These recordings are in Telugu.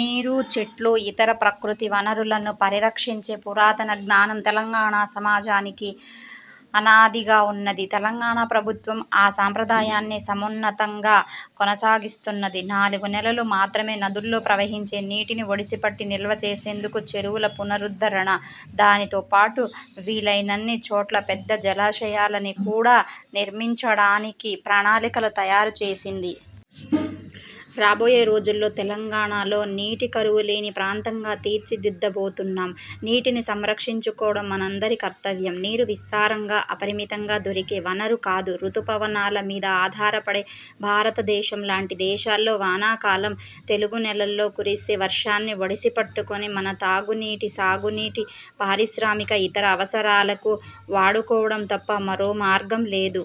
నీరు, చెట్లు, ఇతర ప్రకృతి వనరులను పరిరక్షించే పురాతన జ్ఞానం తెలంగాణ సమాజనికి అనాదిగా ఉన్నది. తెలంగాణ ప్రభుత్వం ఆ సాంప్రదాయాన్ని సమున్నతంగా కొనసాగిస్తున్నది. నాలుగు నెలలు మాత్రమే నదుల్లో ప్రవహించే నీటిని ఒడిసిపట్టి నిల్వ చేసేందుకు చెరువుల పునరుద్ధరణ, దానితోపాటు వీలయినన్ని చోట్ల పెద్ద జలాశయాలని కూడా నిర్మించడానికి ప్రణాళికలు తయారు చేసింది. రాబోయే రోజుల్లో తెలంగాణలో నీటి కరువు లేని ప్రాంతంగా తీర్చిదిద్దబోతున్నాం. నీటిని సంరక్షించుకోవడం మనందరి కర్తవ్యం. నీరు విస్తారంగా, అపరిమితంగా దొరికే వనరు కాదు. ఋతుపవనాల మీద ఆధారపడే భారత దేశం లాంటి దేశాల్లో వానాకాలం నాలుగు నెలల్లో కురిసే వర్షాన్ని ఒడిసిపట్టుకొని మన తాగు నీటి, సాగునీటి, పారిశ్రామిక, ఇతర అవసరాలకు వాడుకోవడం తప్ప మరో మార్గం లేదు.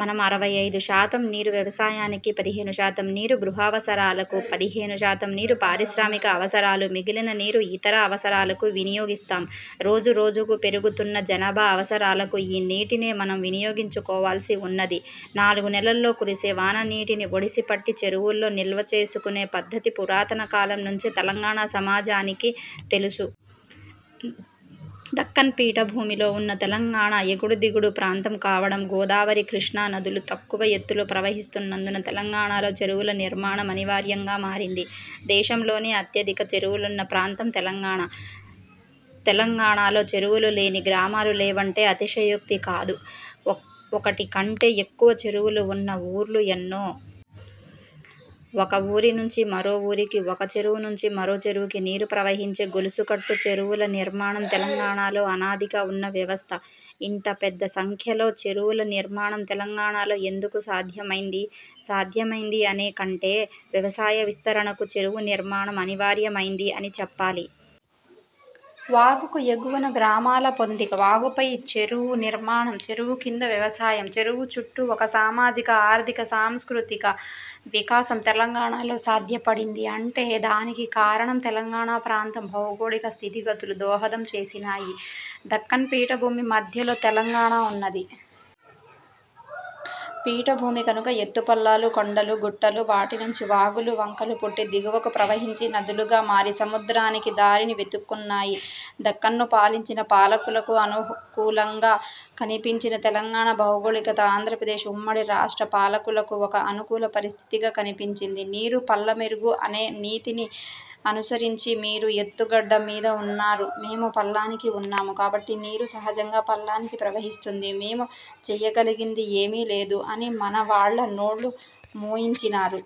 మనం అరవై ఐదు శాతం నీరు వ్యవసాయానికి, పదిహేను శాతం నీరు గృహావసరాలకు, పదిహేను శాతం నీరు పారిశ్రామిక అవసరాలు, మిగిలిన నీరు ఇతర అవసరాలకు వినియోగిస్తాం. రోజు రోజుకు పెరుగుతున్న జనాభా అవసరాలకు ఈ నీటినే మనం వినియోగించుకోవాల్సి ఉన్నది. నాలుగు నెలల్లో కురిసే వాన నీటిని ఒడిసి పట్టి చెరువుల్లో నిల్వ చేసుకునే పద్ధతి పురాతన కాలం నుంచే తెలంగాణ సమాజానికి తెలుసు. దక్కన్ పీఠభూమిలో ఉన్న తెలంగాణ ఎగుడు దిగుడు ప్రాంతం కావడం, గోదావరి కృష్ణా నదులు తక్కువ ఎత్తులో ప్రవహిస్తున్నందున తెలంగాణలో చెరువుల నిర్మాణం అనివార్యంగా మారింది. దేశంలోనే అత్యధిక చెరువులున్న ప్రాంతం తెలంగాణ. తెలంగాణలో చెరువులు లేని గ్రామాలు లేవంటే అతిశయోక్తి కాదు. ఒకటి కంటె ఎక్కువ చెరువులు ఉన్న ఊర్లు ఎన్నో. ఒక ఊరి నుంచి మరో ఊరికి, ఒక చెరువు నుంచి మరో చెరువుకి నీరు ప్రవహించే గొలుసుకట్టు చెరువుల నిర్మాణం తెలంగాణలో అనాదిగా ఉన్న వ్యవస్థ. ఇంత పెద్ద సంఖ్యలో చెరువుల నిర్మాణం తెలంగాణలో ఎందుకు సాధ్యమైంది? సాధ్యమైంది అనే కంటే వ్యవసాయ విస్తరణకు చెరువు నిర్మాణం అనివార్యమైంది అని చెప్పాలి. వాగుకు ఎగువన గ్రామాల పొందిక, వాగుపై చెరువు నిర్మాణం, చెరువు కింద వ్యవసాయం, చెరువు చుట్టూ ఒక సామాజిక, ఆర్థిక, సాంస్కృతిక వికాసం తెలంగాణలో సాధ్యపడింది అంటే దానికి కారణం తెలంగాణ ప్రాంతం భౌగోళిక స్థితిగతులు దోహదం చేసినాయి. దక్కన్ పీఠభూమి మధ్యలో తెలంగాణ ఉన్నది. పీఠభూమి కనుక ఎత్తుపల్లాలు, కొండలు, గుట్టలు, వాటి నుంచి వాగులు, వంకలు పుట్టి దిగువకు ప్రవహించి, నదులుగా మారి సముద్రానికి దారిని వెతుక్కున్నాయి. దక్కన్ను పాలించిన పాలకులకు అనుకూలంగా కనిపించిన తెలంగాణ భౌగోళికత ఆంధ్రప్రదేశ్ ఉమ్మడి రాష్ట్ర పాలకులకు ఒక అనుకూల పరిస్థితిగా కనిపించింది. నీరు పల్లమెరుగు అనే నీతిని అనుసరించి మీరు ఎత్తు గడ్డ మీద ఉన్నారు, మేము పల్లానికి ఉన్నాము కాబట్టి నీరు సహజంగా పల్లానికి ప్రవహిస్తుంది, మేము చేయగలిగింది ఏమీ లేదు అని మన వాళ్ళ నోళ్ళు మూయించినారు.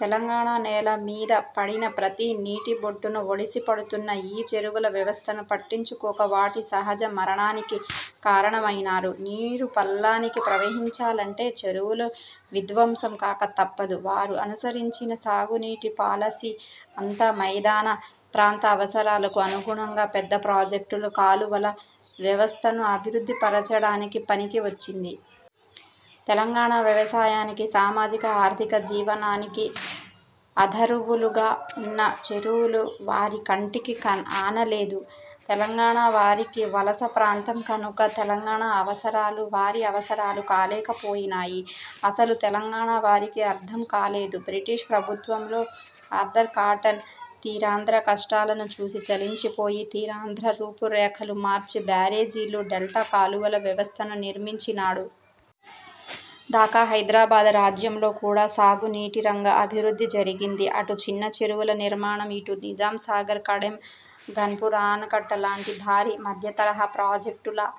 తెలంగాణ నేల మీద పడిన ప్రతి నీటిబొట్టును ఒడిసి పడుతున్న ఈ చెరువుల వ్యవస్థను పట్టించుకోక వాటి సహజ మరణానికి కారణమయినారు. నీరు పల్లానికి ప్రవహించాలంటే చెరువులు విధ్వంసం కాక తప్పదు. వారు అనుసరించిన సాగునీటి పాలసీ అంతా మైదాన ప్రాంత అవసరాలకు అనుగుణంగా పెద్ద ప్రాజెక్టులు, కాలువల వ్యవస్థను అభివృద్ధి పరచడానికి పనికి వచ్చింది. తెలంగాణ వ్యవసాయానికి, సామాజిక, ఆర్థిక జీవనానికి అధరువులుగా ఉన్న చెరువులు వారి కంటికి ఆనలేదు. తెలంగాణ వారికి వలస ప్రాంతం కనుక తెలంగాణ అవసరాలు వారి అవసరాలు కాలేకపోయినాయి. అసలు తెలంగాణ వారికి అర్థం కాలేదు. బ్రిటిష్ ప్రభుత్వంలో ఆర్థర్ కాటన్ తీరాంధ్ర కష్టాలను చూసి చలించి పోయి తీరాంధ్ర రూపురేఖలు మార్చే బ్యారేజీలు, డెల్టా కాలువల వ్యవస్థను నిర్మించినాడు. దాకా హైదరాబాద్ రాజ్యంలో కూడా సాగునీటిరంగ అభివృద్ధి జరిగింది. అటు చిన్న చెరువుల నిర్మాణం, ఇటు నిజాంసాగర్, కడెం, ఘన్పూర్ ఆనకట్ట లాంటి భారీ, మధ్యతరహా ప్రాజెక్టుల